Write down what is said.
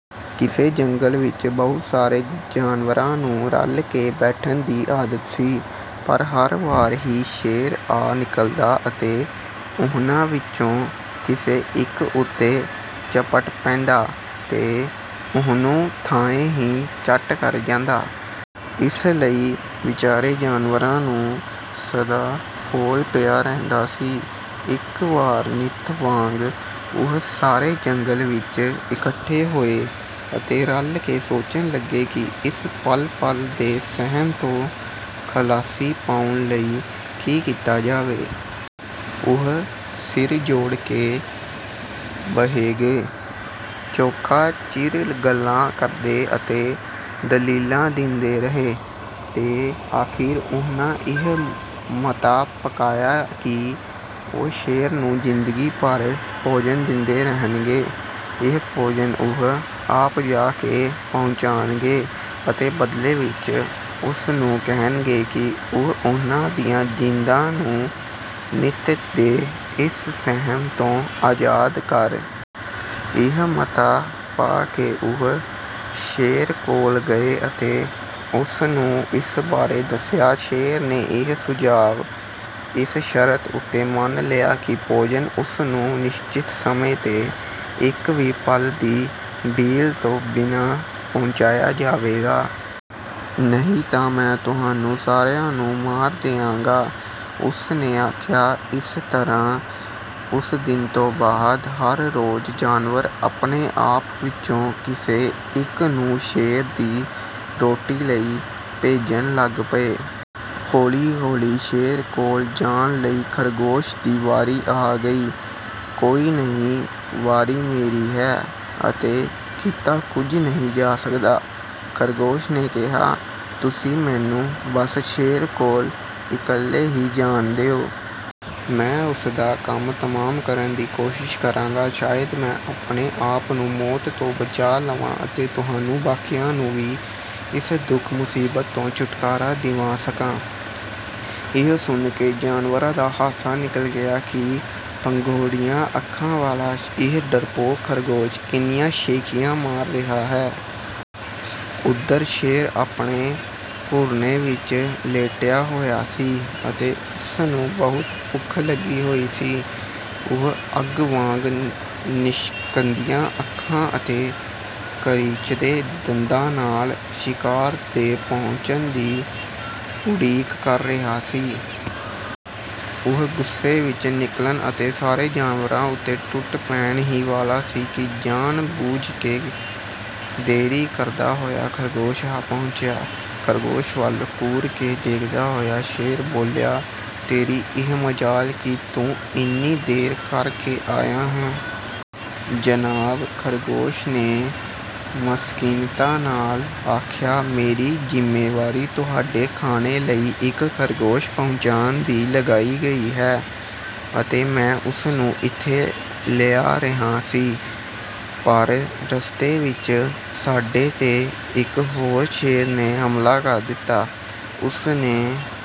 ਕਿਸੇ ਜੰਗਲ ਵਿੱਚ ਬਹੁਤ ਸਾਰੇ ਜਾਨਵਰਾਂ ਨੂੰ ਰਲ ਕੇ ਬੈਠਣ ਦੀ ਆਦਤ ਸੀ, ਪਰ ਹਰ ਵਾਰ ਹੀ ਸ਼ੇਰ ਆ ਨਿਕਲਦਾ ਅਤੇ ਉਹਨਾਂ ਵਿੱਚੋਂ ਕਿਸੇ ਇੱਕ ਉੱਤੇ ਝਪਟ ਪੈਂਦਾ ਤੇ ਉਹਨੂੰ ਥਾਂਏਂ ਹੀ ਚੱਟ ਕਰ ਜਾਂਦਾ। ਇਸ ਲਈ ਵਿਚਾਰੇ ਜਾਨਵਰਾਂ ਨੂੰ ਸਦਾ ਹੌਲ ਪਿਆ ਰਹਿੰਦਾ ਸੀ। ਇੱਕ ਵਾਰ ਨਿੱਤ ਵਾਂਗ ਉਹ ਸਾਰੇ ਜੰਗਲ ਵਿੱਚ ਇਕੱਠੇ ਹੋਏ ਅਤੇ ਰਲ ਕੇ ਸੋਚਣ ਲੱਗੇ ਕਿ ਇਸ ਪਲ-ਪਲ ਦੇ ਸਹਿਮ ਤੋਂ ਖ਼ਲਾਸੀ ਪਾਉਣ ਲਈ ਕੀ ਕੀਤਾ ਜਾਵੇ। ਉਹ ਸਿਰ ਜੋੜ ਕੇ ਬਹਿ ਗਏ, ਚੋਖਾ ਚਿਰ ਗੱਲਾਂ ਕਰਦੇ ਅਤੇ ਦਲੀਲਾਂ ਦਿੰਦੇ ਰਹੇ, ਤੇ ਅਖ਼ੀਰ ਉਹਨਾਂ ਇਹ ਮਤਾ ਪਕਾਇਆ ਕਿ ਉਹ ਸ਼ੇਰ ਨੂੰ ਜ਼ਿੰਦਗੀ ਭਰ ਭੋਜਨ ਦਿੰਦੇ ਰਹਿਣਗੇ। ਇਹ ਭੋਜਨ ਉਹ ਆਪ ਜਾ ਕੇ ਪਹੁੰਚਾਉਣਗੇ ਅਤੇ ਬਦਲੇ ਵਿੱਚ ਉਸ ਨੂੰ ਕਹਿਣਗੇ ਕਿ ਉਹ ਉਹਨਾਂ ਦੀਆਂ ਜਿੰਦਾਂ ਨੂੰ ਨਿੱਤ ਦੇ ਇਸ ਸਹਿਮ ਤੋਂ ਆਜ਼ਾਦ ਕਰ ਦੇਵੇ। ਇਹ ਮਤਾ ਪਾ ਕੇ ਉਹ ਸ਼ੇਰ ਕੋਲ ਗਏ ਅਤੇ ਉਸ ਨੂੰ ਇਸ ਬਾਰੇ ਦੱਸਿਆ। ਸ਼ੇਰ ਨੇ ਇਹ ਸੁਝਾਅ ਇਸ ਸ਼ਰਤ ਉੱਤੇ ਮੰਨ ਲਿਆ ਕਿ ਭੋਜਨ ਉਸ ਨੂੰ ਨਿਸ਼ਚਿਤ ਸਮੇਂ 'ਤੇ, ਇੱਕ ਵੀ ਪਲ ਦੀ ਢਿੱਲ ਤੋਂ ਬਿਨਾਂ ਪਹੁੰਚਾਇਆ ਜਾਵੇਗਾ। "ਨਹੀਂ ਤਾਂ ਮੈਂ ਤੁਹਾਨੂੰ ਸਾਰਿਆਂ ਨੂੰ ਮਾਰ ਦਿਆਂਗਾ!" ਉਸ ਨੇ ਆਖਿਆ। ਇਸ ਤਰ੍ਹਾਂ, ਉਸ ਦਿਨ ਤੋਂ ਬਾਅਦ ਹਰ ਰੋਜ਼ ਜਾਨਵਰ ਆਪਣੇ ਆਪ ਵਿੱਚੋਂ ਕਿਸੇ ਇੱਕ ਨੂੰ ਸ਼ੇਰ ਦੀ ਰੋਟੀ ਲਈ ਭੇਜਣ ਲੱਗ ਪਏ। ਹੌਲੀ-ਹੌਲੀ ਸ਼ੇਰ ਕੋਲ ਜਾਣ ਲਈ ਖ਼ਰਗੋਸ਼ ਦੀ ਵਾਰੀ ਆ ਗਈ। "ਕੋਈ ਨਹੀਂ, ਵਾਰੀ ਮੇਰੀ ਹੈ ਅਤੇ ਕੀਤਾ ਕੁਝ ਨਹੀਂ ਜਾ ਸਕਦਾ," ਖ਼ਰਗੋਸ਼ ਨੇ ਕਿਹਾ, "ਤੁਸੀਂ ਮੈਨੂੰ ਬਸ ਸ਼ੇਰ ਕੋਲ ਇਕੱਲੇ ਹੀ ਜਾਣ ਦਿਓ। ਮੈਂ ਉਸ ਦਾ ਕੰਮ ਤਮਾਮ ਕਰਨ ਦੀ ਕੋਸ਼ਿਸ਼ ਕਰਾਂਗਾ। ਸ਼ਾਇਦ ਮੈਂ ਆਪਣੇ ਆਪ ਨੂੰ ਮੌਤ ਤੋਂ ਬਚਾ ਲਵਾਂ ਅਤੇ ਤੁਹਾਨੂੰ ਬਾਕੀਆਂ ਨੂੰ ਵੀ ਇਸ ਦੁੱਖ-ਮੁਸੀਬਤ ਤੋਂ ਛੁਟਕਾਰਾ ਦਿਵਾ ਸਕਾਂ।" ਇਹ ਸੁਣ ਕੇ ਜਾਨਵਰਾਂ ਦਾ ਹਾਸਾ ਨਿਕਲ ਗਿਆ ਕਿ ਭੰਗੋੜੀਆਂ ਅੱਖਾਂ ਵਾਲਾ ਇਹ ਡਰਪੋਕ ਖ਼ਰਗੋਸ਼ ਕਿੰਨੀਆਂ ਸ਼ੇਖ਼ੀਆਂ ਮਾਰ ਰਿਹਾ ਹੈ! ਉਧਰ ਸ਼ੇਰ ਆਪਣੇ ਘੁਰਨੇ ਵਿੱਚ ਲੇਟਿਆ ਹੋਇਆ ਸੀ ਅਤੇ ਉਸ ਨੂੰ ਬਹੁਤ ਭੁੱਖ ਲੱਗੀ ਹੋਈ ਸੀ। ਉਹ ਅੱਗ ਵਾਂਗ ਲਿਸ਼ਕਦੀਆਂ ਅੱਖਾਂ ਅਤੇ ਕਰੀਚਦੇ ਦੰਦਾਂ ਨਾਲ ਸ਼ਿਕਾਰ ਦੇ ਪਹੁੰਚਣ ਦੀ ਉਡੀਕ ਕਰ ਰਿਹਾ ਸੀ। ਉਹ ਗੁੱਸੇ ਵਿੱਚ ਨਿਕਲਣ ਅਤੇ ਸਾਰੇ ਜਾਨਵਰਾਂ ਉੱਤੇ ਟੁੱਟ ਪੈਣ ਹੀ ਵਾਲਾ ਸੀ ਕਿ ਜਾਣ-ਬੁੱਝ ਕੇ ਦੇਰੀ ਕਰਦਾ ਹੋਇਆ ਖ਼ਰਗੋਸ਼ ਆ ਪਹੁੰਚਿਆ। ਖ਼ਰਗੋਸ਼ ਵੱਲ ਘੂਰ ਕੇ ਦੇਖਦਾ ਹੋਇਆ ਸ਼ੇਰ ਬੋਲਿਆ, "ਤੇਰੀ ਇਹ ਮਜਾਲ ਕਿ ਤੂੰ ਇੰਨੀ ਦੇਰ ਕਰ ਕੇ ਆਇਆ ਹੈਂ!" "ਜਨਾਬ," ਖ਼ਰਗੋਸ਼ ਨੇ ਮਸਕੀਨਤਾ ਨਾਲ ਆਖਿਆ, "ਮੇਰੀ ਜ਼ਿੰਮੇਵਾਰੀ ਤੁਹਾਡੇ ਖਾਣੇ ਲਈ ਇੱਕ ਖ਼ਰਗੋਸ਼ ਪਹੁੰਚਾਉਣ ਦੀ ਲਗਾਈ ਗਈ ਸੀ ਅਤੇ ਮੈਂ ਉਸ ਨੂੰ ਇੱਥੇ ਲਿਆ ਰਿਹਾ ਸੀ। ਪਰ ਰਸਤੇ ਵਿੱਚ ਸਾਡੇ 'ਤੇ ਇੱਕ ਹੋਰ ਸ਼ੇਰ ਨੇ ਹਮਲਾ ਕਰ ਦਿੱਤਾ, ਉਸ ਨੇ